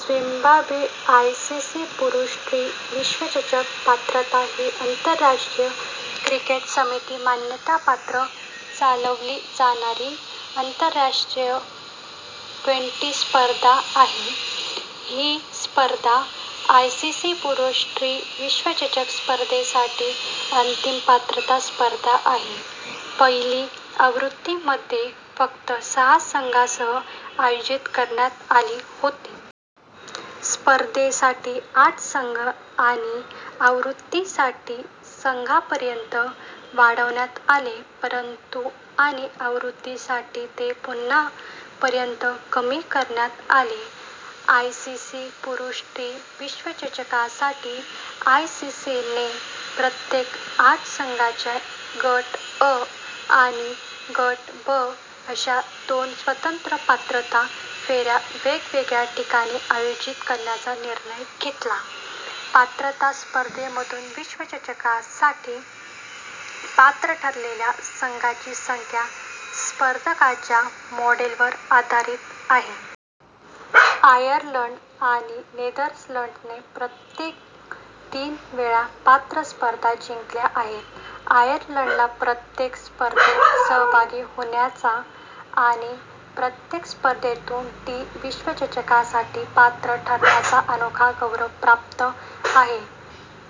Zimbabwe ICC पुरुष T विश्वचषक पात्रता ही आंतरराष्ट्रीय क्रिकेट समिती मान्यतापात्र चालवली जाणारी आंतरराष्ट्रीय ट्वेंटी स्पर्धा आहे. ही स्पर्धा आयसीसी पुरुष टी विश्वचषक स्पर्धेसाठी अंतिम पात्रता स्पर्धा आहे. पहिली आवृत्ती मध्ये फक्त सहा संघांसह आयोजित करण्यात आली होती. स्पर्धेसाठी आठ संघ आणि आणि आवृत्त्यांसाठी संघांपर्यंत वाढवण्यात आले, परंतु आणि आवृत्त्यांसाठी ते पुन्हा पर्यंत कमी करण्यात आले. आयसीसी पुरुष टी विश्वचषकासाठी, आयसीसी ने प्रत्येकी आठ संघांच्या गट अ आणि गट ब अशा दोन स्वतंत्र पात्रता फेऱ्या वेगवेगळ्या ठिकाणी आयोजित करण्याचा निर्णय घेतला पात्रता स्पर्धेमधून विश्वचषकासाठी पात्र ठरलेल्या संघांची संख्या स्पर्धेच्या मॉडेलवर आधारित आहे. आयर्लंड आणि नेदरलँड्सने प्रत्येकी तीन वेळा पात्रता स्पर्धा जिंकल्या आहेत. आयर्लंडला प्रत्येक स्पर्धेत सहभागी होण्याचा आणि प्रत्येक स्पर्धेतून टी विश्वचषकासाठी पात्र ठरण्याचा अनोखा गौरव प्राप्त आहे;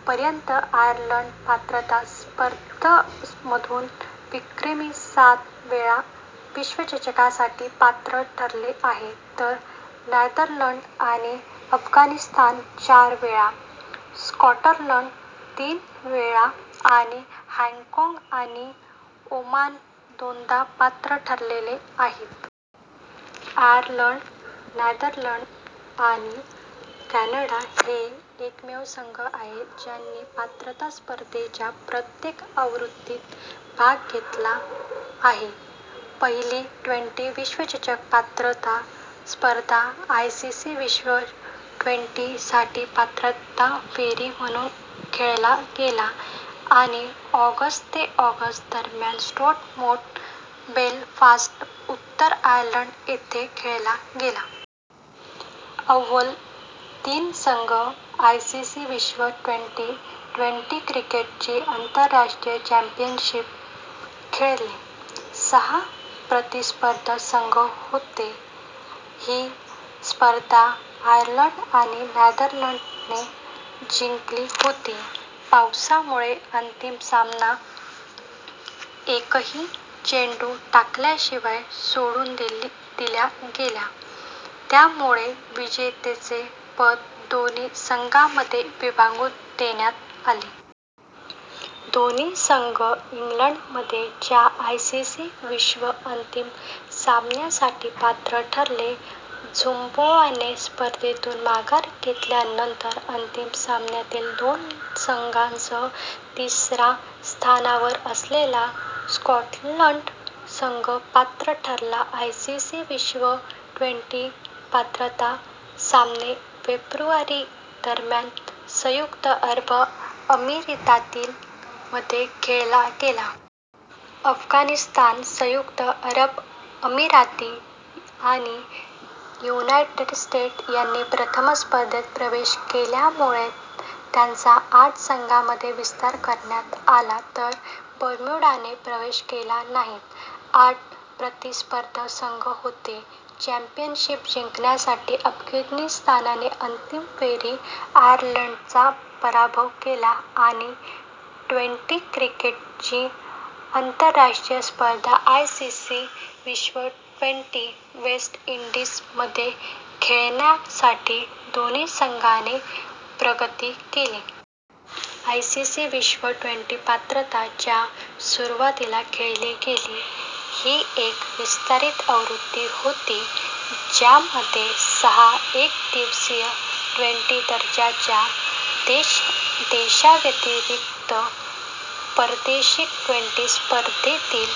पर्यंत, आयर्लंड पात्रता स्पर्धेमधून विक्रमी सात वेळा विश्वचषकासाठी पात्र ठरले आहे, तर नेदरलँड्स आणि अफगाणिस्तान चार वेळा, स्कॉटलंड तीन वेळा आणि हाँगकाँग आणि ओमान दोनदा पात्र ठरले आहेत. आयर्लंड, नेदरलँड्स आणि कॅनडा हे एकमेव संघ आहेत ज्यांनी पात्रता स्पर्धेच्या प्रत्येक आवृत्तीत भाग घेतला आहे. पहिली ट्वेंटी विश्वचषक पात्रता स्पर्धा आयसीसी विश्व ट्वेंटी साठी पात्रता फेरी म्हणून खेळला गेला आणि ऑगस्ट ते ऑगस्ट दरम्यान स्टोरमोंट, बेलफास्ट, उत्तर आयर्लंड येथे खेळला गेला. अव्वल तीन संघ आयसीसी विश्व ट्वेंटी, ट्वेंटी- क्रिकेटची आंतरराष्ट्रीय चॅम्पियनशिप खेळले. सहा प्रतिस्पर्धी संघ होते: ही स्पर्धा आयर्लंड आणि नेदरलँड्सने जिंकली होती, पावसामुळे अंतिम सामना एकही चेंडू टाकल्याशिवाय सोडून दिला गेला, त्यामुळे विजेतेपद दोन्ही संघांमध्ये विभागून देण्यात आले. दोन्ही संघ इंग्लंडमध्ये च्या आयसीसी विश्व ट्वेंटी- अंतिम सामान्यासाठी पात्र ठरले. झिम्बाब्वेने स्पर्धेतून माघार घेतल्यानंतर, अंतिम सामन्यातील दोन संघांसह तिसऱ्या स्थानावर असलेल्या स्कॉटलंडचा संघ पात्र ठरला. आयसीसी विश्व ट्वेंटी पात्रता सामने - फेब्रुवारी दरम्यान संयुक्त अरब अमिरातीमध्ये खेळला गेला. अफगाणिस्तान, संयुक्त अरब अमिराती आणि युनायटेड स्टेट्स यांनी प्रथमच स्पर्धेत प्रवेश केल्यामुळे त्याचा आठ संघांमध्ये विस्तार करण्यात आला, तर बर्म्युडाने प्रवेश केला नाही. आठ प्रतिस्पर्धी संघ होते: चॅम्पियनशिप जिंकण्यासाठी अफगाणिस्तानने अंतिम फेरीत आयर्लंडचा पराभव केला आणि ट्वेंटी क्रिकेटची आंतरराष्ट्रीय स्पर्धा आयसीसी विश्व ट्वेंटी, वेस्ट इंडीजमध्ये खेळण्यासाठी दोन्ही संघांनी प्रगती केली. आयसीसी विश्व ट्वेंटी पात्रता, च्या सुरुवातीला खेळली गेली. ही एक विस्तारित आवृत्ती होती ज्यामध्ये सहा एकदिवसीय/ट्वेंटी दर्जाच्या देशांव्यतिरिक्त प्रादेशिक ट्वेंटी स्पर्धेतील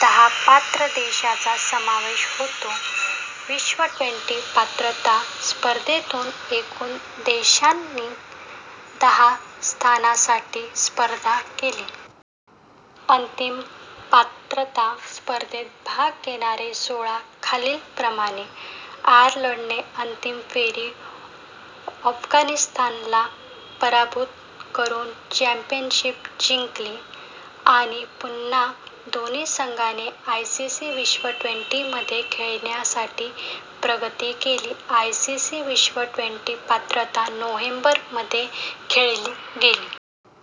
दहा पात्र देशांचा समावेश होता. विश्व ट्वेंटी- पात्रता स्पर्धेत एकूण देशांनी दहा स्थानांसाठी स्पर्धा केली. अंतिम पात्रता स्पर्धेत भाग घेणारे सोळा खालीलप्रमाणे: आयर्लंडने अंतिम फेरीत अफगाणिस्तानला पराभूत करून चॅम्पियनशिप जिंकली आणि पुन्हा दोन्ही संघांनी आयसीसी विश्व ट्वेंटी मध्ये खेळण्यासाठी प्रगती केली. आयसीसी विश्व ट्वेंटी पात्रता, नोव्हेंबर मध्ये खेळली गेली.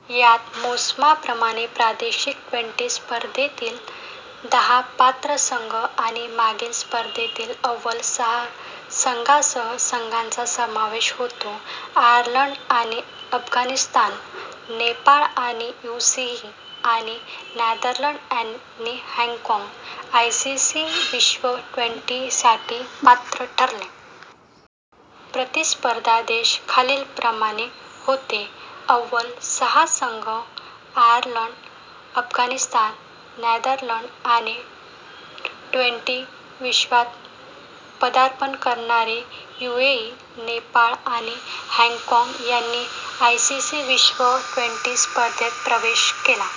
त्यात आधीच्या मोसमाप्रमाणेच प्रादेशिक ट्वेंटी स्पर्धेतील दहा पात्र संघ आणि मागील स्पर्धेतील अव्वल सहा संघांसह संघाचा समावेश होता. आयर्लंड आणि अफगाणिस्तान, नेपाळ आणि युएई आणि नेदरलँड्स आणि हाँगकाँग आयसीसी विश्व ट्वेंटी साठी पात्र ठरले. प्रतिस्पर्धी देश खालील प्रमाणे होते: अव्वल सहा संघ: आयर्लंड, अफगाणिस्तान, नेदरलँड्स आणि ट्वेंटी विश्वात पदार्पण करणारे यूएई, नेपाळ आणि हाँगकाँग यांनी आयसीसी विश्व ट्वेंटी स्पर्धेत प्रवेश केला.